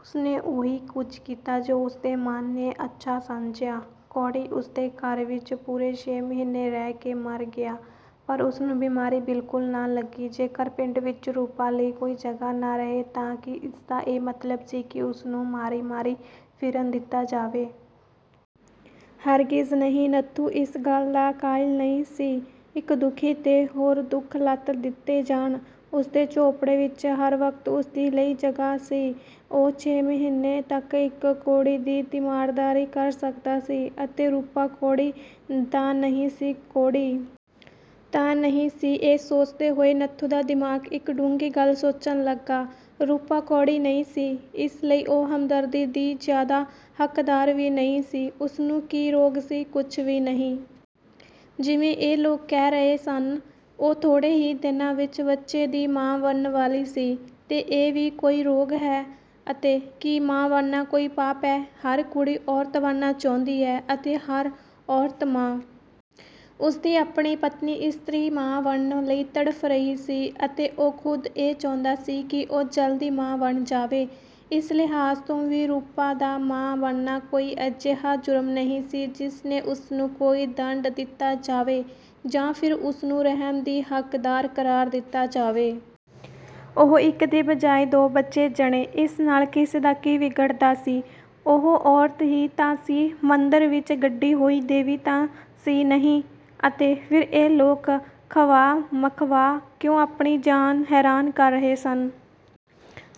ਉਸਨੇ ਉਹੀ ਕੁੱਝ ਕੀਤਾ ਜੋ ਉਸਦੇ ਮਨ ਨੇ ਅੱਛਾ ਸਮਝਿਆ। ਕੋੜ੍ਹੀ ਉਸਦੇ ਘਰ ਵਿੱਚ ਪੂਰੇ ਛੇ ਮਹੀਨੇ ਰਹਿ ਕੇ ਮਰ ਗਿਆ ਪਰ ਉਸਨੂੰ ਬੀਮਾਰੀ ਬਿਲਕੁਲ ਨਾ ਲੱਗੀ। ਜੇਕਰ ਪਿੰਡ ਵਿੱਚ ਰੂਪਾ ਲਈ ਕੋਈ ਜਗ੍ਹਾ ਨਾ ਰਹੇ ਤਾਂ ਕੀ ਇਸਦਾ ਇਹ ਮਤਲਬ ਸੀ ਕਿ ਉਸਨੂੰ ਮਾਰੀ-ਮਾਰੀ ਫਿਰਨ ਦਿੱਤਾ ਜਾਵੇ। ਹਰਗਿਜ਼ ਨਹੀਂ, ਨੱਥੂ ਇਸ ਗੱਲ ਦਾ ਕਾਇਲ ਨਹੀਂ ਸੀ ਕਿ ਦੁਖੀ 'ਤੇ ਹੋਰ ਦੁੱਖ ਲੱਦ ਦਿੱਤੇ ਜਾਣ। ਉਸਦੇ ਝੋਂਪੜੇ ਵਿੱਚ ਹਰ ਵਕਤ ਉਸਦੇ ਲਈ ਜਗ੍ਹਾ ਸੀ। ਉਹ ਛੇ ਮਹੀਨੇ ਤੱਕ ਇੱਕ ਕੋੜ੍ਹੀ ਦੀ ਤੀਮਾਰਦਾਰੀ ਕਰ ਸਕਦਾ ਸੀ ਅਤੇ ਰੂਪਾ ਕੋੜ੍ਹੀ ਤਾਂ ਨਹੀਂ ਸੀ। ਕੋੜ੍ਹੀ ਤਾਂ ਨਹੀਂ ਸੀ, ਇਹ ਸੋਚਦੇ ਹੋਏ ਨੱਥੂ ਦਾ ਦਿਮਾਗ਼ ਇੱਕ ਡੂੰਘੀ ਗੱਲ ਸੋਚਣ ਲੱਗਾ। ਰੂਪਾ ਕੋੜ੍ਹੀ ਨਹੀਂ ਸੀ, ਇਸ ਲਈ ਉਹ ਹਮਦਰਦੀ ਦੀ ਜ਼ਿਆਦਾ ਹੱਕਦਾਰ ਵੀ ਨਹੀਂ ਸੀ। ਉਸਨੂੰ ਕੀ ਰੋਗ ਸੀ? ਕੁੱਝ ਵੀ ਨਹੀਂ। ਜਿਵੇਂ ਇਹ ਲੋਕ ਕਹਿ ਰਹੇ ਸਨ, ਉਹ ਥੋੜ੍ਹੇ ਹੀ ਦਿਨਾਂ ਵਿੱਚ ਬੱਚੇ ਦੀ ਮਾਂ ਬਣਨ ਵਾਲੀ ਸੀ, ਤੇ ਇਹ ਵੀ ਕੋਈ ਰੋਗ ਹੈ। ਅਤੇ ਕੀ ਮਾਂ ਬਣਨਾ ਕੋਈ ਪਾਪ ਹੈ? ਹਰ ਕੁੜੀ ਔਰਤ ਬਣਨਾ ਚਾਹੁੰਦੀ ਹੈ ਅਤੇ ਹਰ ਔਰਤ ਮਾਂ। ਉਸਦੀ ਆਪਣੀ ਇਸਤਰੀ ਮਾਂ ਬਣਨ ਲਈ ਤੜਫ਼ ਰਹੀ ਸੀ ਅਤੇ ਉਹ ਖ਼ੁਦ ਇਹ ਚਾਹੁੰਦਾ ਸੀ ਕਿ ਉਹ ਜਲਦੀ ਮਾਂ ਬਣ ਜਾਵੇ। ਇਸ ਲਿਹਾਜ਼ ਤੋਂ ਵੀ ਰੂਪਾ ਦਾ ਮਾਂ ਬਣਨਾ ਕੋਈ ਅਜਿਹਾ ਜੁਰਮ ਨਹੀਂ ਸੀ ਜਿਸ 'ਤੇ ਉਸਨੂੰ ਕੋਈ ਦੰਡ ਦਿੱਤਾ ਜਾਵੇ ਜਾਂ ਫਿਰ ਉਸਨੂੰ ਰਹਿਮ ਦੀ ਹੱਕਦਾਰ ਕਰਾਰ ਦਿੱਤਾ ਜਾਵੇ। ਉਹ ਇੱਕ ਦੇ ਬਜਾਏ ਦੋ ਬੱਚੇ ਜਣੇ। ਇਸ ਨਾਲ ਕਿਸੇ ਦਾ ਕੀ ਵਿਗੜਦਾ ਸੀ। ਉਹ ਔਰਤ ਹੀ ਤਾਂ ਸੀ। ਮੰਦਰ ਵਿੱਚ ਗੱਡੀ ਹੋਈ ਦੇਵੀ ਤਾਂ ਸੀ ਨਹੀਂ। ਅਤੇ ਫਿਰ ਇਹ ਲੋਕ ਖ਼ਵਾਹ-ਮਖ਼ਵਾਹ ਕਿਉਂ ਆਪਣੀ ਜਾਨ ਹੈਰਾਨ ਕਰ ਰਹੇ ਸਨ।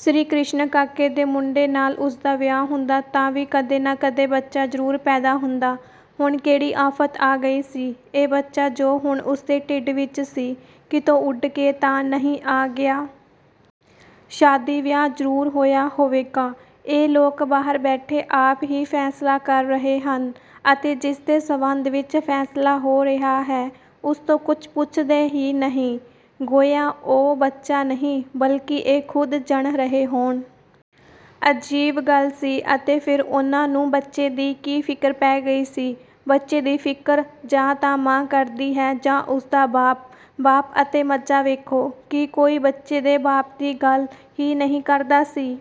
ਸ੍ਰੀ ਕਿਸ਼ਨ ਕਾਕੇ ਦੇ ਮੁੰਡੇ ਨਾਲ਼ ਉਸਦਾ ਵਿਆਹ ਹੁੰਦਾ ਤਾਂ ਵੀ ਕਦੇ ਨਾ ਕਦੇ ਬੱਚਾ ਜ਼ਰੂਰ ਪੈਦਾ ਹੁੰਦਾ। ਹੁਣ ਕਿਹੜੀ ਆਫ਼ਤ ਆ ਗਈ ਸੀ। ਇਹ ਬੱਚਾ ਜੋ ਹੁਣ ਉਸਦੇ ਢਿੱਡ ਵਿੱਚ ਸੀ, ਕਿਤੋਂ ਉੱਡ ਕੇ ਤਾਂ ਨਹੀਂ ਆ ਗਿਆ। ਸ਼ਾਦੀ-ਵਿਆਹ ਜ਼ਰੂਰ ਹੋਇਆ ਹੋਵੇਗਾ। ਇਹ ਲੋਕ ਬਾਹਰ ਬੈਠੇ ਆਪ ਹੀ ਫ਼ੈਸਲਾ ਕਰ ਰਹੇ ਹਨ ਅਤੇ ਜਿਸਦੇ ਸਬੰਧ ਵਿੱਚ ਫ਼ੈਸਲਾ ਹੋ ਰਿਹਾ ਹੈ, ਉਸਤੋਂ ਕੁੱਝ ਪੁੱਛਦੇ ਹੀ ਨਹੀਂ। ਗੋਇਆ ਉਹ ਬੱਚਾ ਨਹੀਂ, ਬਲਕਿ ਇਹ ਖ਼ੁਦ ਜਣ ਰਹੇ ਹੋਣ। ਅਜੀਬ ਗੱਲ ਸੀ। ਅਤੇ ਫਿਰ ਉਨ੍ਹਾਂ ਨੂੰ ਬੱਚੇ ਦੀ ਕੀ ਫ਼ਿਕਰ ਪੈ ਗਈ ਸੀ। ਬੱਚੇ ਦੀ ਫ਼ਿਕਰ ਜਾਂ ਤਾਂ ਮਾਂ ਕਰਦੀ ਹੈ ਜਾਂ ਉਸਦਾ ਬਾਪ- ਬਾਪ? ਅਤੇ ਮਜ਼ਾ ਵੇਖੋ ਕਿ ਕੋਈ ਬੱਚੇ ਦੇ ਬਾਪ ਦੀ ਗੱਲ ਹੀ ਨਹੀਂ ਕਰਦਾ ਸੀ।